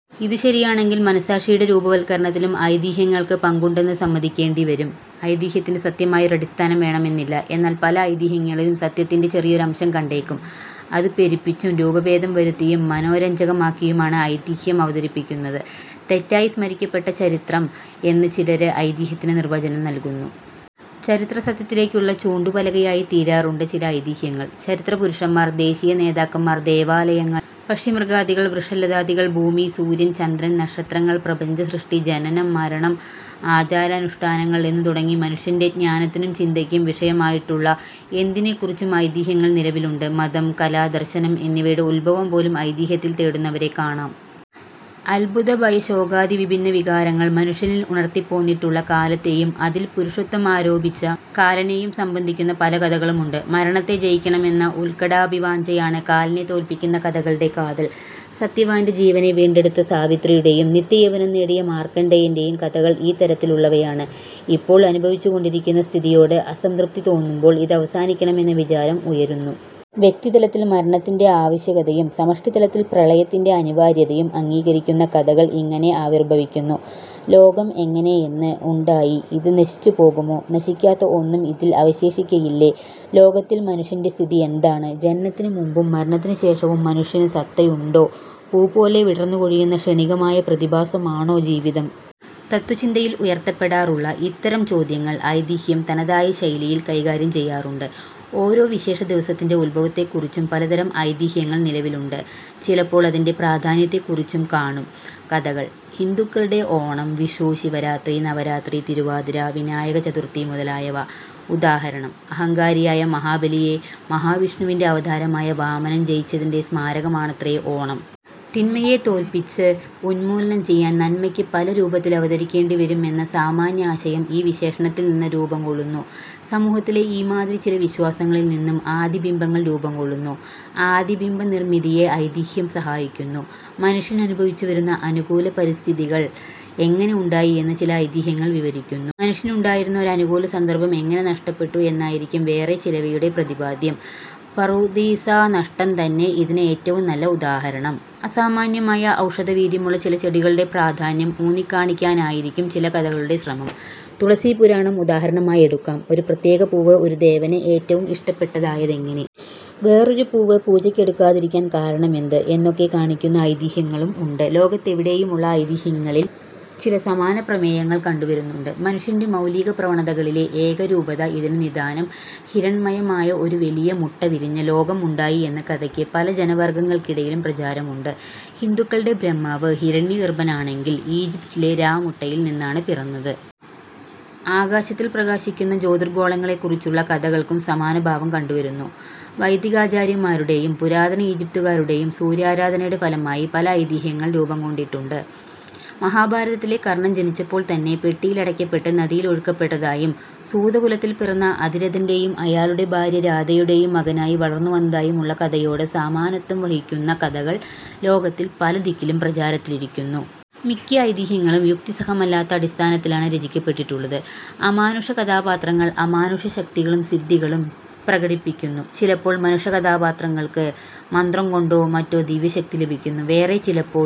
ഇതു ശരിയാണെങ്കിൽ മനസാക്ഷിയുടെ രൂപവത്കരണത്തിലും ഐതിഹ്യങ്ങൾക്ക് പങ്കുണ്ടെന്നു സമ്മതിക്കേണ്ടി വരും. ഐതിഹ്യത്തിന് സത്യമായ ഒരടിസ്ഥാനം വേണമെന്നില്ല; എന്നാൽ പല ഐതിഹ്യങ്ങളിലും സത്യത്തിന്റെ ചെറിയൊരംശം കണ്ടേക്കും. അതു പെരുപ്പിച്ചും രൂപഭേദം വരുത്തിയും മനോരഞ്ചകമാക്കിയുമാണ് ഐതിഹ്യം അവതരിപ്പിക്കുന്നത്, തെറ്റായി സ്മരിക്കപ്പെട്ട ചരിത്രം എന്ന് ചിലര് ഐതിഹ്യത്തിനു നിർവചനം നൽകുന്നു. ചരിത്രസത്യത്തിലേക്കുള്ള ചൂണ്ടുപലകയായിത്തീരാറുണ്ട് ചില ഐതിഹ്യങ്ങൾ. ചരിത്രപുരുഷന്മാർ, ദേശീയ നേതാക്കന്മാർ, ദേവാലയങ്ങൾ, പക്ഷിമൃഗാദികൾ, വൃക്ഷലതാദികൾ, ഭൂമി, സൂര്യൻ, ചന്ദ്രൻ, നക്ഷത്രങ്ങൾ, പ്രപഞ്ചസൃഷ്ടി, ജനനം, മരണം, ആചാരാനുഷ്ഠാനങ്ങൾ എന്നു തുടങ്ങി മനുഷ്യന്റെ ജ്ഞാനത്തിനും ചിന്തയ്ക്കും വിഷയമായിട്ടുള്ള എന്തിനെക്കുറിച്ചും ഐതിഹ്യങ്ങൾ നിലവിലുണ്ട്. മതം, കല, ദർശനം എന്നിവയുടെ ഉദ്ഭവംപോലും ഐതിഹ്യത്തിൽ തേടുന്നവരെ കാണാം. അത്ഭുതഭയശോകാദി വിഭിന്ന വികാരങ്ങൾ മനുഷ്യനിൽ ഉണർത്തിപ്പോന്നിട്ടുള്ള കാലത്തെയും അതിൽ പുരുഷത്വം ആരോപിച്ച കാലനേയും സംബന്ധിക്കുന്ന പല കഥകളും ഉണ്ട്. മരണത്തെ ജയിക്കണമെന്ന ഉത്ക്കടാഭിവാഞ്ചയാണ് കാലനെ തോല്പിക്കുന്ന കഥകളുടെ കാതൽ. സത്യവാന്റെ ജീവനെ വീണ്ടെടുത്ത സാവിത്രിയുടെയും നിത്യയൗവനം നേടിയ മാർക്കണ്ഡേയന്റെയും കഥകള് ഈ തരത്തിൽ ഉള്ളവയാണ്. ഇപ്പോൾ അനുഭവിച്ചു കൊണ്ടിരിക്കുന്ന സ്ഥിതിയോട് അസംതൃപ്തി തോന്നുമ്പോൾ ഇതവസാനിക്കണമെന്ന വിചാരം ഉയരുന്നു. വ്യക്തിതലത്തിൽ മരണത്തിന്റെ ആവശ്യകതയും സമഷ്ടിതലത്തിൽ പ്രളയത്തിന്റെ അനിവാര്യതയും അംഗീകരിക്കുന്ന കഥകൾ ഇങ്ങനെ ആവിർഭവിക്കുന്നു. ലോകം എങ്ങനെ, എന്ന്, ഉണ്ടായി? ഇതു നശിച്ചുപോകുമോ? നശിക്കാത്ത ഒന്നും ഇതിൽ അവശേഷിക്കയില്ലേ? ലോകത്തിൽ മനുഷ്യന്റെ സ്ഥിതിയെന്താണ്? ജനനത്തിനു മുമ്പും മരണത്തിനു ശേഷവും മനുഷ്യനു സത്തയുണ്ടോ? പൂപോലെ വിടർന്നു കൊഴിയുന്ന ക്ഷണികമായ പ്രതിഭാസമാണോ ജീവിതം? തത്ത്വചിന്തയിൽ ഉയർത്തപ്പെടാറുള്ള ഇത്തരം ചോദ്യങ്ങൾ ഐതിഹ്യം തനതായ ശൈലിയി കൈകാര്യം ചെയ്യാറുണ്ട്. ഓരോ വിശേഷ ദിവസത്തിന്റെ ഉദ്ഭവത്തെക്കുറിച്ചും പലതരം ഐതിഹ്യങ്ങൾ നിലവിലുണ്ട്. ചിലപ്പോൾ അതിന്റെ പ്രാധാന്യത്തെക്കുറിച്ചും കാണും കഥകൾ. ഹിന്ദുക്കളുടെ ഓണം, വിഷു, ശിവരാത്രി, നവരാത്രി, തിരുവാതിര, വിനായകചതുർത്ഥി മുതലായവ ഉദാഹരണം. അഹങ്കാരിയായ മഹാബലിയെ മഹാവിഷ്ണുവിന്റെ അവതാരമായ വാമനൻ ജയിച്ചതിന്റെ സ്മാരകമാണത്രേ ഓണം. തിന്മയെ തോല്പിച്ച് ഉന്മൂലനം ചെയ്യാൻ നന്മയ്ക്ക് പല രൂപത്തിൽ അവതരിക്കേണ്ടിവരും എന്ന സാമാന്യാശയം ഈ വിശേഷണത്തിൽ നിന്ന് രൂപം കൊള്ളുന്നു. സമൂഹത്തിലെ ഈ മാതിരി ചില വിശ്വാസങ്ങളിൽ നിന്നും ആദിബിംബങ്ങൾ രൂപം കൊള്ളുന്നു; ആദിബിംബനിർമിതിയെ ഐതിഹ്യം സഹായിക്കുന്നു. മനുഷ്യൻ അനുഭവിച്ചുവരുന്ന അനുകൂല പരിതഃസ്ഥികൾ എങ്ങനെ ഉണ്ടായി എന്നു ചില ഐതിഹ്യങ്ങൾ വിവരിക്കുന്നു. മനുഷ്യനുണ്ടായിരുന്ന ഒരനുകൂല സന്ദർഭം എങ്ങനെ നഷ്ടപ്പെട്ടു എന്നായിരിക്കും വേറെ ചിലവയുടെ പ്രതിപാദ്യം. പറുദീസാനഷ്ടം തന്നെ ഇതിന് ഏറ്റവും നല്ല ഉദാഹരണം. അസാമാന്യമായ ഔഷധവീര്യമുള്ള ചില ചെടികളുടെ പ്രാധാന്യം ഊന്നിക്കാണിക്കാനായിരിക്കും ചില കഥകളുടെ ശ്രമം. തുളസിപുരാണം ഉദാഹരണമായി എടുക്കാം. ഒരു പ്രത്യേക പൂവ് ഒരു ദേവന് ഏറ്റവും ഇഷ്ടപ്പെട്ടതായതെങ്ങനെ? വേറൊരു പൂവ് പൂജക്കെടുക്കാതിരിക്കാൻ കാരണമെന്ത്? എന്നൊക്കെ കാണിക്കുന്ന ഐതിഹ്യങ്ങളും ഉണ്ട്. ലോകത്തെവിടെയും ഉള്ള ഐതിഹ്യങ്ങളിൽ ചില സമാനപ്രമേയങ്ങൾ കണ്ടുവരുന്നുണ്ട്. മനുഷ്യന്റെ മൗലിക പ്രവണതകളിലെ ഏകരൂപത ഇതിനു നിദാനം. ഹിരണ്മയമായ ഒരു വലിയ മുട്ടവിരിഞ്ഞ് ലോകം ഉണ്ടായി എന്ന കഥയ്ക്ക് പല ജനവർഗ്ഗങ്ങൾക്കിടയിലും പ്രചാരമുണ്ട്. ഹിന്ദുക്കളുടെ ബ്രഹ്മാവ് ഹിരണ്യഗർഭനാണെങ്കിൽ ഈജിപ്റ്റിലെ രാ മുട്ടയിൽ നിന്നാണ് പിറന്നത്. ആകാശത്തിൽ പ്രകാശിക്കുന്ന ജ്യോതിർഗോളങ്ങളെക്കുറിച്ചുള്ള കഥകൾക്കും സമാനഭാവം കണ്ടുവരുന്നു. വൈദികാചാര്യന്മാരുടെയും പുരാതന ഈജിപ്തുകാരുടെയും സൂര്യാരാധനയുടെ ഫലമായി പല ഐതിഹ്യങ്ങൾ രൂപംകൊണ്ടിട്ടുണ്ട്. മഹാഭാരതത്തിലെ കർണൻ ജനിച്ചപ്പോൾ തന്നെ പെട്ടിയിലടക്കപ്പെട്ട് നദിയിൽ ഒഴുക്കപ്പെട്ടതായും സൂതകുലത്തിൽ പിറന്ന അതിരഥന്റെയും അയാളുടെ ഭാര്യ രാധയുടെയും മകനായി വളർന്നുവന്നതായും ഉള്ള കഥയോട് സമാനത്വം വഹിക്കുന്ന കഥകൾ ലോകത്തിൽ പല ദിക്കിലും പ്രചാരത്തിലിരിക്കുന്നു. മിക്ക ഐതിഹ്യങ്ങളും യുക്തിസഹമല്ലാത്ത അടിസ്ഥാനത്തിലാണ് രചിക്കപ്പെട്ടിട്ടുള്ളത്; അമാനുഷ കഥാപാത്രങ്ങൾ അമാനുഷ ശക്തികളും സിദ്ധികളും പ്രകടിപ്പിക്കുന്നു. ചിലപ്പോൾ മനുഷ കഥാപാത്രങ്ങൾക്ക് മന്ത്രംകൊണ്ടോ മറ്റോ ദിവ്യശക്തി ലഭിക്കുന്നു. വേറേ ചിലപ്പോൾ